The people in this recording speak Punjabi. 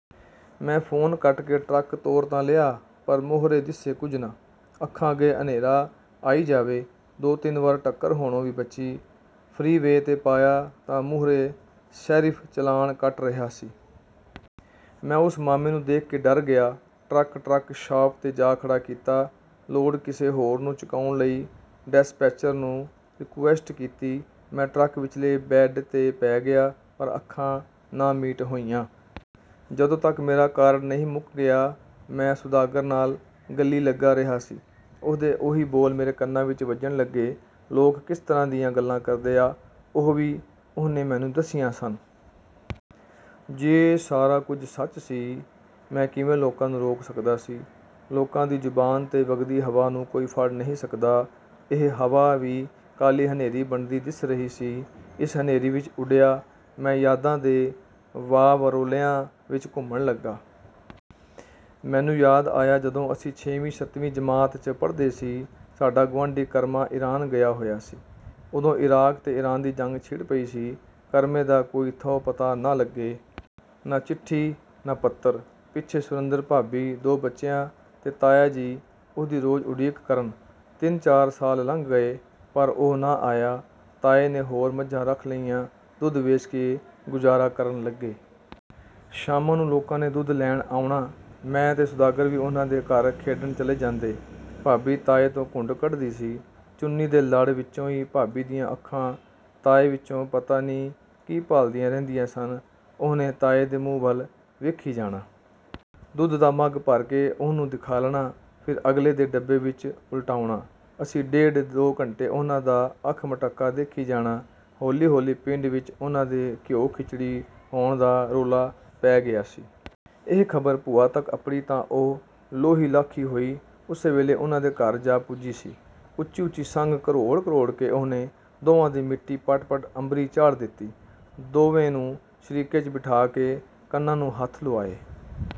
" ਮੈਂ ਫੋਨ ਕੱਟ ਕੇ ਟਰੱਕ ਤੋਰ ਤਾਂ ਲਿਆ ਪਰ ਮੋਹਰੇ ਦਿਸੇ ਕੁਝ ਨਾ। ਅੱਖਾਂ ਅੱਗੇ ਹਨੇਰਾ ਆਈ ਜਾਵੇ। ਦੋ-ਤਿੰਨ ਵਾਰ ਟੱਕਰ ਹੋਣੋਂ ਵੀ ਬਚੀ। ਫਰੀਵੇਅ 'ਤੇ ਪਾਇਆ ਤਾਂ ਮੂਹਰੇ ਸ਼ੈਰਿਫ਼ ਚਲਾਣ ਕੱਟ ਰਿਹਾ ਸੀ। ਮੈਂ ਉਸ 'ਮਾਮੇ' ਨੂੰ ਦੇਖ ਕੇ ਡਰ ਗਿਆ। ਟਰੱਕ, ਟਰੱਕ ਸ਼ਾਪ 'ਤੇ ਜਾ ਖੜ੍ਹਾ ਕੀਤਾ। ਲੋਡ ਕਿਸੇ ਹੋਰ ਨੂੰ ਚੁਕਾਉਣ ਲਈ ਡੈਸਪੈਚਰ ਨੂੰ ਰੀਕੁਐਸਟ ਕੀਤੀ। ਮੈਂ ਟਰੱਕ ਵਿਚਲੇ ਬੈਂਡ 'ਤੇ ਪੈ ਗਿਆ। ਪਰ ਅੱਖਾਂ ਨਾ ਮੀਟ ਹੋਈਆਂ। ਜਦੋਂ ਤੱਕ ਮੇਰਾ ਕਾਰਡ ਨਹੀਂ ਮੁੱਕ ਗਿਆ, ਮੈਂ ਸੁਦਾਗਰ ਨਾਲ਼ ਗੱਲੀਂ ਲੱਗਾ ਰਿਹਾ ਸੀ। ਉਹਦੇ ਉਹੀ ਬੋਲ ਮੇਰੇ ਕੰਨਾਂ ਵਿੱਚ ਵੱਜਣ ਲੱਗੇ। ਲੋਕ ਕਿਸ ਤਰ੍ਹਾਂ ਦੀਆਂ ਗੱਲਾਂ ਕਰਦੇ ਆ। ਉਹ ਵੀ ਉਹਨੇ ਮੈਨੂੰ ਦੱਸੀਆਂ ਸਨ। ਜੇ ਸਾਰਾ ਕੁਝ ਸੱਚ ਸੀ, ਮੈਂ ਕਿਵੇਂ ਲੋਕਾਂ ਨੂੰ ਰੋਕ ਸਕਦਾ ਸੀ? ਲੋਕਾਂ ਦੀ ਜ਼ੁਬਾਨ ਤੇ ਵਗਦੀ ਹਵਾ ਨੂੰ ਕੋਈ ਫੜ ਨਹੀਂ ਸਕਦਾ। ਇਹ ਹਵਾ ਵੀ ਕਾਲ਼ੀ ਹਨੇਰੀ ਬਣਦੀ ਦਿਸ ਰਹੀ ਸੀ। ਇਸ ਹਨੇਰੀ ਵਿੱਚ ਉੱਡਿਆ, ਮੈਂ ਯਾਦਾਂ ਦੇ ਵਾਵਰੋਲ਼ਿਆਂ ਵਿੱਚ ਘੁੰਮਣ ਲੱਗਾ। ਮੈਨੂੰ ਯਾਦ ਆਇਆ ਜਦੋਂ ਅਸੀਂ ਛੇਵੀਂ-ਸੱਤਵੀਂ ਜਮਾਤ 'ਚ ਪੜ੍ਹਦੇ ਸੀ, ਸਾਡਾ ਗੁਆਂਢੀ ਕਰਮਾ ਇਰਾਨ ਗਿਆ ਹੋਇਆ ਸੀ। ਉਦੋਂ ਇਰਾਕ ਤੇ ਇਰਾਨ ਦੀ ਜੰਗ ਛਿੜ ਪਈ ਸੀ। ਕਰਮੇ ਦਾ ਕੋਈ ਥਹੁ ਪਤਾ ਨਾ ਲੱਗੇ। ਨਾ ਚਿੱਠੀ ਨਾ ਪੱਤਰ. ਪਿੱਛੇ ਸੁਰਿੰਦਰ ਭਾਬੀ, ਦੋ ਬੱਚੇ ਤੇ ਤਾਇਆ ਜੀ ਉਹਦੀ ਰੋਜ਼ ਉਡੀਕ ਕਰਨ। ਤਿੰਨ-ਚਾਰ ਸਾਲ ਲੰਘ ਗਏ ਪਰ ਉਹ ਨਾ ਆਇਆ। ਤਾਏ ਨੇ ਹੋਰ ਮੱਝਾਂ ਰੱਖ ਲਈਆਂ। ਦੁੱਧ ਵੇਚ ਕੇ ਗੁਜ਼ਾਰਾ ਕਰਨ ਲੱਗੇ। ਸ਼ਾਮਾਂ ਨੂੰ ਲੋਕਾਂ ਨੇ ਦੁੱਧ ਲੈਣ ਆਉਣਾ। ਮੈਂ ਤੇ ਸੁਦਾਗਰ ਵੀ ਉਹਨਾਂ ਦੇ ਘਰ ਖੇਡਣ ਚਲੇ ਜਾਂਦੇ। ਭਾਬੀ ਤਾਏ ਤੋਂ ਘੁੰਡ ਕੱਢਦੀ ਸੀ। ਚੁੰਨੀਂ ਦੇ ਲੜ ਵਿੱਚੋਂ ਈ ਭਾਬੀ ਦੀਆਂ ਅੱਖਾਂ ਤਾਏ ਵਿੱਚੋਂ ਪਤਾ ਨ੍ਹੀਂ ਕੀ ਭਾਲ਼ਦੀਆਂ ਰਹਿੰਦੀਆਂ ਸਨ, ਉਹਨੇ ਤਾਏ ਦੇ ਮੂੰਹ ਵੱਲ ਵੇਖੀ ਜਾਣਾ। ਦੁੱਧ ਦਾ ਮਘ ਭਰ ਕੇ ਉਹਨੂੰ ਦਿਖਾਲਣਾ। ਫਿਰ ਅਗਲੇ ਦੇ ਡੱਬੇ ਵਿੱਚ ਉਲਟਾਉਣਾ। ਅਸੀਂ ਡੇਢ ਦੋ ਘੰਟੇ ਉਹਨਾਂ ਦਾ ਅੱਖ ਮਟਕਾ ਦੇਖੀ ਜਾਣਾਂ। ਹੌਲ਼ੀ-ਹੌਲ਼ੀ ਪਿੰਡ ਵਿੱਚ ਉਨ੍ਹਾਂ ਦੇ ਘਿਓ-ਖਿਚੜੀ ਹੋਣ ਦਾ ਰੌਲ਼ਾ ਪੈ ਗਿਆ ਸੀ। ਇਹ ਖ਼ਬਰ ਭੂਆ ਤੱਕ ਅੱਪੜੀ ਤਾਂ ਉਹ ਲੋਹੀ ਲਾਖੀ ਹੋਈ, ਉਸੇ ਵੇਲ਼ੇ ਉਨ੍ਹਾਂ ਦੇ ਘਰ ਜਾ ਪੁੱਜੀ ਸੀ। ਉੱਚੀ-ਉੱਚੀ ਸੰਘ ਘਰੋੜ-ਘਰੋੜ ਕੇ ਉਹਨੇ ਦੋਵਾਂ ਦੀ ਮਿੱਟੀ ਪੱਟ-ਪੱਟ ਅੰਬਰੀਂ ਚਾੜ੍ਹ ਦਿੱਤੀ। ਦੋਵੇਂ ਨੂੰ ਸ਼ਰੀਕੇ 'ਚ ਬਿਠਾ ਕੇ ਕੰਨਾਂ ਨੂੰ ਹੱਥ ਲੁਆਏ।